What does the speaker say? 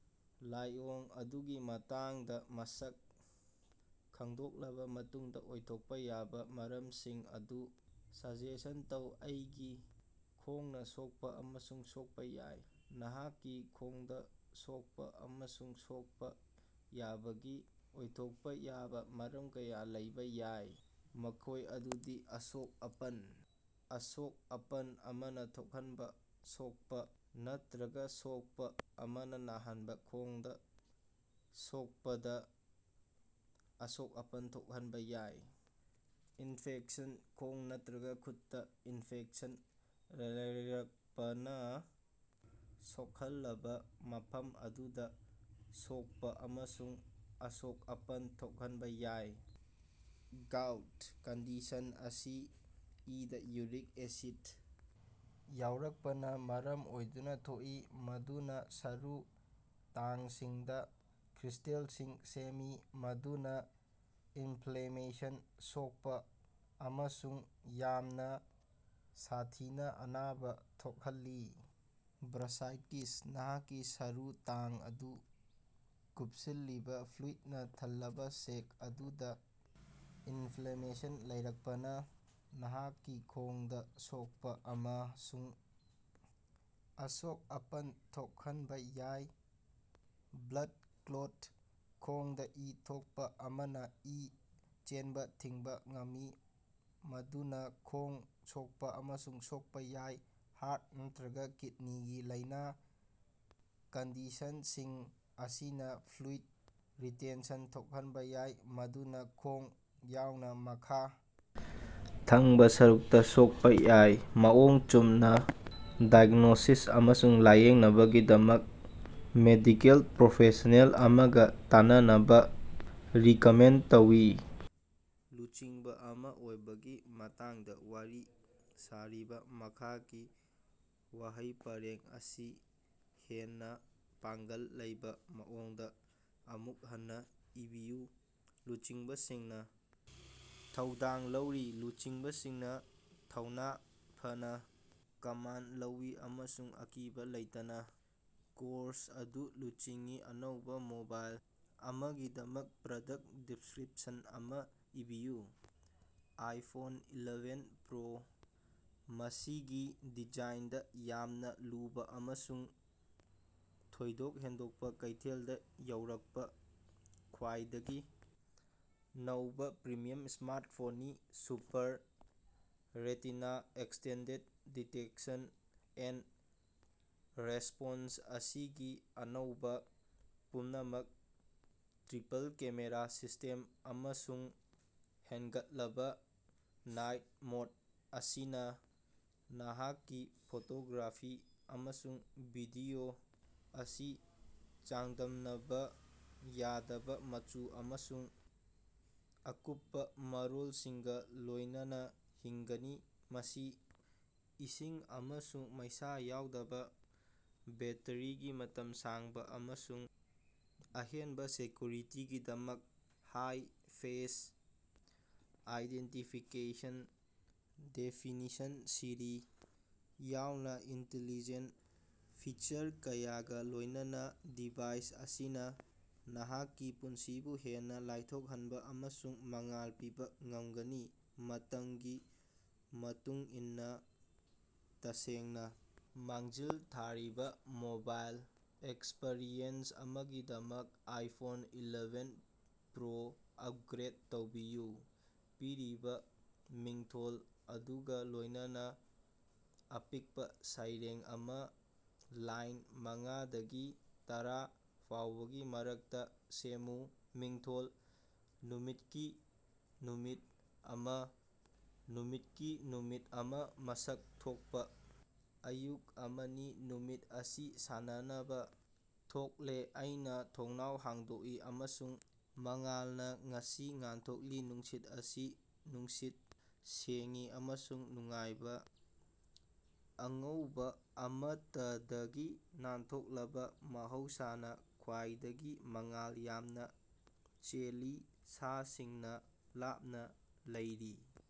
ꯂꯥꯏꯑꯣꯡ ꯑꯗꯨꯒꯤ ꯃꯇꯥꯡꯗ ꯃꯁꯛ ꯈꯪꯗꯣꯛꯂꯕ ꯃꯇꯨꯡꯗ, ꯑꯣꯏꯊꯣꯛꯄ ꯌꯥꯕ ꯃꯔꯝꯁꯤꯡ ꯑꯗꯨ ꯁꯖꯦꯁꯟ ꯇꯧ꯫ ꯑꯩꯒꯤ ꯈꯣꯡꯅ ꯁꯣꯛꯄ ꯑꯃꯁꯨꯡ ꯁꯣꯛꯄ ꯌꯥꯏ꯫ ꯅꯍꯥꯛꯀꯤ ꯈꯣꯡꯗ ꯁꯣꯛꯄ ꯑꯃꯁꯨꯡ ꯁꯣꯛꯄ ꯌꯥꯕꯒꯤ ꯑꯣꯏꯊꯣꯛꯄ ꯌꯥꯕ ꯃꯔꯝ ꯀꯌꯥ ꯂꯩꯕ ꯌꯥꯏ, ꯃꯈꯣꯏ ꯑꯗꯨꯗꯤ- ꯑꯁꯣꯛ-ꯑꯄꯟ: ꯑꯁꯣꯛ-ꯑꯄꯟ ꯑꯃꯅ ꯊꯣꯛꯍꯟꯕ ꯁꯣꯛꯄ ꯅꯠꯇ꯭ꯔꯒ ꯁꯣꯛꯄ ꯑꯃꯅ ꯅꯍꯥꯛꯀꯤ ꯈꯣꯡꯗ ꯁꯣꯀꯄꯗ ꯑꯁꯣꯛ-ꯑꯄꯟ ꯊꯣꯛꯍꯟꯕ ꯌꯥꯏ꯫ ꯏꯟꯐꯦꯛꯁꯟ: ꯈꯣꯡ ꯅꯠꯇ꯭ꯔꯒ ꯈꯨꯠꯇ ꯏꯟꯐꯦꯛꯁꯟ ꯂꯩꯔꯛꯄꯅ ꯁꯣꯛꯍꯜꯂꯕ ꯃꯐꯝ ꯑꯗꯨꯗ ꯁꯣꯛꯄ ꯑꯃꯁꯨꯡ ꯑꯁꯣꯛ-ꯑꯄꯟ ꯊꯣꯛꯍꯟꯕ ꯌꯥꯏ꯫ ꯒꯥꯎꯠ: ꯀꯟꯗꯤꯁꯟ ꯑꯁꯤ ꯏꯗ ꯌꯨꯔꯤꯛ ꯑꯦꯁꯤꯗ ꯌꯥꯎꯔꯛꯄꯅ ꯃꯔꯝ ꯑꯣꯏꯗꯨꯅ ꯊꯣꯛꯏ, ꯃꯗꯨꯅ ꯁꯔꯨ ꯇꯥꯡꯁꯤꯡꯗ ꯀ꯭ꯔꯤꯁꯇꯦꯜꯁꯤꯡ ꯁꯦꯝꯃꯤ, ꯃꯗꯨꯅ ꯏꯟꯐ꯭ꯂꯦꯃꯦꯁꯟ, ꯁꯣꯛꯄ ꯑꯃꯁꯨꯡ ꯌꯥꯝꯅ ꯁꯥꯊꯤꯅ ꯑꯅꯥꯕ ꯊꯣꯛꯍꯜꯂꯤ꯫ ꯕꯔꯁꯥꯏꯇꯤꯁ: ꯅꯍꯥꯛꯀꯤ ꯁꯔꯨ ꯇꯥꯡ ꯑꯗꯨ ꯀꯨꯞꯁꯤꯜꯂꯤꯕ ꯐ꯭ꯂꯨꯏꯗꯅ ꯊꯜꯂꯕ ꯁꯦꯛ ꯑꯗꯨꯗ ꯏꯅꯐ꯭ꯂꯦꯃꯦꯁꯟ ꯂꯩꯔꯛꯄꯅ ꯅꯍꯥꯛꯀꯤ ꯈꯣꯡꯗ ꯁꯣꯛꯄ ꯑꯃꯁꯨꯡ ꯑꯁꯣꯛ-ꯑꯄꯟ ꯊꯣꯛꯍꯟꯕ ꯌꯥꯏ꯫ ꯕ꯭ꯂꯗ ꯀ꯭ꯂꯣꯠ: ꯈꯣꯡꯗ ꯏ ꯊꯣꯛꯄ ꯑꯃꯅ ꯏ ꯆꯦꯟꯕ ꯊꯤꯡꯕ ꯉꯝꯃꯤ, ꯃꯗꯨꯅ ꯈꯣꯡ ꯁꯣꯛꯄ ꯑꯃꯁꯨꯡ ꯁꯣꯛꯄ ꯌꯥꯏ꯫ ꯍꯥꯔꯠ ꯅꯠꯇ꯭ꯔꯒ ꯀꯤꯗꯅꯤꯒꯤ ꯂꯥꯏꯅꯥ: ꯀꯟꯗꯤꯁꯟꯁꯤꯡ ꯑꯁꯤꯅ ꯐ꯭ꯂꯨꯏꯗ ꯔꯤꯇꯦꯟꯁꯟ ꯊꯣꯛꯍꯟꯕ ꯌꯥꯏ, ꯃꯗꯨꯅ ꯈꯣꯡ ꯌꯥꯎꯅ ꯃꯈ ꯊꯪꯕ ꯁꯔꯨꯛꯇ ꯁꯣꯛꯄ ꯌꯥꯏ꯫ ꯃꯑꯣꯡ ꯆꯨꯝꯅ ꯗꯥꯏꯒꯅꯣꯁꯤꯁ ꯑꯃꯁꯨꯡ ꯂꯥꯏꯌꯦꯡꯅꯕꯒꯤꯗꯃꯛ ꯃꯦꯗꯤꯀꯦꯜ ꯄ꯭ꯔꯣꯐꯦꯁꯅꯦꯜ ꯑꯃꯒ ꯇꯥꯟꯅꯅꯕ ꯔꯦꯀꯃꯦꯟꯗ ꯇꯧꯏ꯫ ꯂꯨꯆꯤꯡꯕ ꯑꯃ ꯑꯣꯏꯕꯒꯤ ꯃꯇꯥꯡꯗ ꯋꯥꯔꯤ ꯁꯥꯔꯤꯕ ꯃꯈꯥꯒꯤ ꯋꯥꯍꯩ ꯄꯔꯦꯡ ꯑꯁꯤ ꯍꯦꯟꯅ ꯄꯥꯡꯒꯜ ꯂꯩꯕ ꯃꯑꯣꯡꯗ ꯑꯃꯨꯛ ꯍꯟꯅ ꯏꯕꯤꯌꯨ꯫ ꯂꯨꯆꯤꯡꯕꯁꯤꯡꯅ ꯊꯧꯗꯥꯡ ꯂꯧꯔꯤ꯫ ꯂꯨꯆꯤꯡꯕꯁꯤꯡꯅ ꯊꯧꯅꯥ ꯐꯅ ꯀꯝꯃꯟ ꯂꯧꯏ ꯑꯃꯁꯨꯡ ꯑꯀꯤꯕ ꯂꯩꯇꯅ ꯀꯣꯔꯁ ꯑꯗꯨ ꯂꯝꯖꯤꯡꯏ꯫ ꯑꯅꯧꯕ ꯃꯣꯕꯥꯏꯜ ꯑꯃꯒꯤꯗꯃꯛ ꯄ꯭ꯔꯗꯛ ꯗꯤꯁꯀ꯭ꯔꯤꯞꯁꯟ ꯑꯃ ꯏꯕꯤꯌꯨ꯫ ꯑꯥꯏꯐꯣꯟ ꯑꯦꯂꯦꯕꯦꯟ ꯄ꯭ꯔꯣ, ꯃꯁꯤꯒꯤ ꯗꯤꯖꯥꯏꯟꯗ ꯌꯥꯝꯅ ꯂꯨꯕ ꯑꯃꯁꯨꯡ ꯊꯣꯏꯗꯣꯛ ꯍꯦꯟꯗꯣꯛꯄ, ꯀꯩꯊꯦꯜꯗ ꯌꯧꯔꯛꯄ ꯈ꯭ꯋꯥꯏꯗꯒꯤ ꯅꯧꯕ ꯄ꯭ꯔꯤꯃꯤꯌꯝ ꯁ꯭ꯃꯥꯔꯠꯐꯣꯟꯅꯤ꯫ Super retina extended detection and response ꯃꯁꯤꯒꯤ ꯑꯅꯧꯕ ꯄꯨꯝꯅꯃꯛ ꯇ꯭ꯔꯤꯄꯜ-ꯀꯦꯃꯦꯔꯥ ꯁꯤꯁ꯭ꯇꯦꯝ ꯑꯃꯁꯨꯡ ꯍꯦꯟꯒꯠꯂꯕ ꯅꯥꯏꯠ ꯃꯣꯗ ꯑꯁꯤꯅ ꯅꯍꯥꯛꯀꯤ ꯐꯣꯇꯣꯒ꯭ꯔꯥꯐꯤ ꯑꯃꯁꯨꯡ ꯚꯤꯗꯤꯑꯣ ꯑꯁꯤ ꯆꯥꯡꯗꯝꯅꯕ ꯌꯥꯗꯕ ꯃꯆꯨ ꯑꯃꯁꯨꯡ ꯑꯀꯨꯞꯄ ꯃꯔꯣꯜꯁꯤꯡꯒ ꯂꯣꯏꯅꯅ ꯍꯤꯡꯒꯅꯤ꯫ ꯃꯁꯤ ꯏꯁꯤꯡ ꯑꯃꯁꯨꯡ ꯃꯩꯁꯥ ꯌꯥꯎꯗꯕ, ꯕꯦꯠꯇꯔꯤꯒꯤ ꯃꯇꯝ ꯁꯥꯡꯕ, ꯑꯃꯁꯨꯡ ꯑꯍꯦꯟꯕ ꯁꯦꯀ꯭ꯌꯨꯔꯤꯇꯤꯒꯤꯗꯃꯛ ꯍꯥꯏ- ꯐꯦꯁ ꯑꯥꯏꯗꯦꯟꯇꯤꯐꯤꯀꯦꯁꯟ ꯗꯦꯐꯤꯅꯤꯁꯟꯁꯤꯔꯤ ꯌꯥꯎꯅ ꯏꯟꯇꯦꯂꯤꯖꯦꯟꯇ ꯐꯤꯆꯔ ꯀꯌꯥꯒ ꯂꯣꯏꯅꯅ ꯗꯤꯚꯥꯏꯁ ꯑꯁꯤꯅ ꯅꯍꯥꯛꯀꯤ ꯄꯨꯟꯁꯤꯕꯨ ꯍꯦꯟꯅ ꯂꯥꯏꯊꯣꯛꯍꯟꯕ ꯑꯃꯁꯨꯡ ꯃꯉꯥꯜ ꯄꯤꯕ ꯉꯝꯒꯅꯤ꯫ ꯃꯇꯝꯒꯤ ꯃꯇꯨꯡ ꯏꯟꯅ ꯇꯁꯦꯡꯅ ꯃꯥꯡꯖꯤꯜ ꯊꯥꯔꯤꯕ ꯃꯣꯕꯥꯏꯜ ꯑꯦꯛꯁꯄꯤꯔꯤꯑꯦꯟꯁ ꯑꯃꯒꯤꯗꯃꯛ ꯑꯥꯏꯐꯣꯟ ꯑꯦꯂꯦꯕꯦꯟ ꯄ꯭ꯔꯣꯗ ꯑꯞꯒ꯭ꯔꯦꯗ ꯇꯧꯕꯤꯌꯨ꯫ ꯄꯤꯔꯤꯕ ꯃꯤꯡꯊꯣꯜ ꯑꯗꯨꯒ ꯂꯣꯏꯅꯅ ꯑꯄꯤꯛꯄ ꯁꯩꯔꯦꯡ ꯑꯃ ꯂꯥꯏꯟ ꯃꯉꯥ ꯗꯒꯤ ꯇꯔꯥ ꯐꯥꯎꯕꯒꯤ ꯃꯔꯛꯇ ꯁꯦꯃꯃꯨ꯫ ꯃꯤꯡꯊꯣꯜ: ꯅꯨꯃꯤꯠꯀꯤ ꯅꯨꯃꯤꯠ ꯑꯃ꯫ ꯅꯨꯃꯤꯠꯀꯤ ꯅꯨꯃꯤꯠ ꯑꯃ ꯃꯁꯛ ꯊꯣꯛꯄ ꯑꯌꯨꯛ ꯑꯃꯅꯤ, ꯅꯨꯃꯤꯠ ꯑꯁꯤ ꯁꯥꯟꯅꯅꯕ ꯊꯣꯛꯂꯦ ꯑꯩꯅ ꯊꯣꯡꯅꯥꯎ ꯍꯥꯡꯗꯣꯛꯏ, ꯑꯃꯁꯨꯡ ꯃꯉꯥꯜꯅ ꯉꯁꯤ ꯉꯥꯟꯊꯣꯛꯂꯤ ꯅꯨꯡꯁꯤꯠ ꯑꯁꯤ ꯅꯨꯡꯁꯤꯠ ꯁꯦꯡꯏ ꯑꯃꯁꯨꯡ ꯅꯨꯡꯉꯥꯏꯕ, ꯑꯉꯧꯕ ꯑꯃꯠꯇꯗꯒꯤ ꯅꯥꯟꯊꯣꯛꯂꯕ ꯃꯍꯧꯁꯥꯅ ꯈ꯭ꯋꯥꯏꯗꯒꯤ ꯃꯉꯥꯜ ꯌꯥꯝꯅ ꯆꯦꯜꯂꯤ, ꯁꯥꯁꯤꯡꯅ ꯂꯥꯞꯅ ꯂꯩꯔꯤ꯫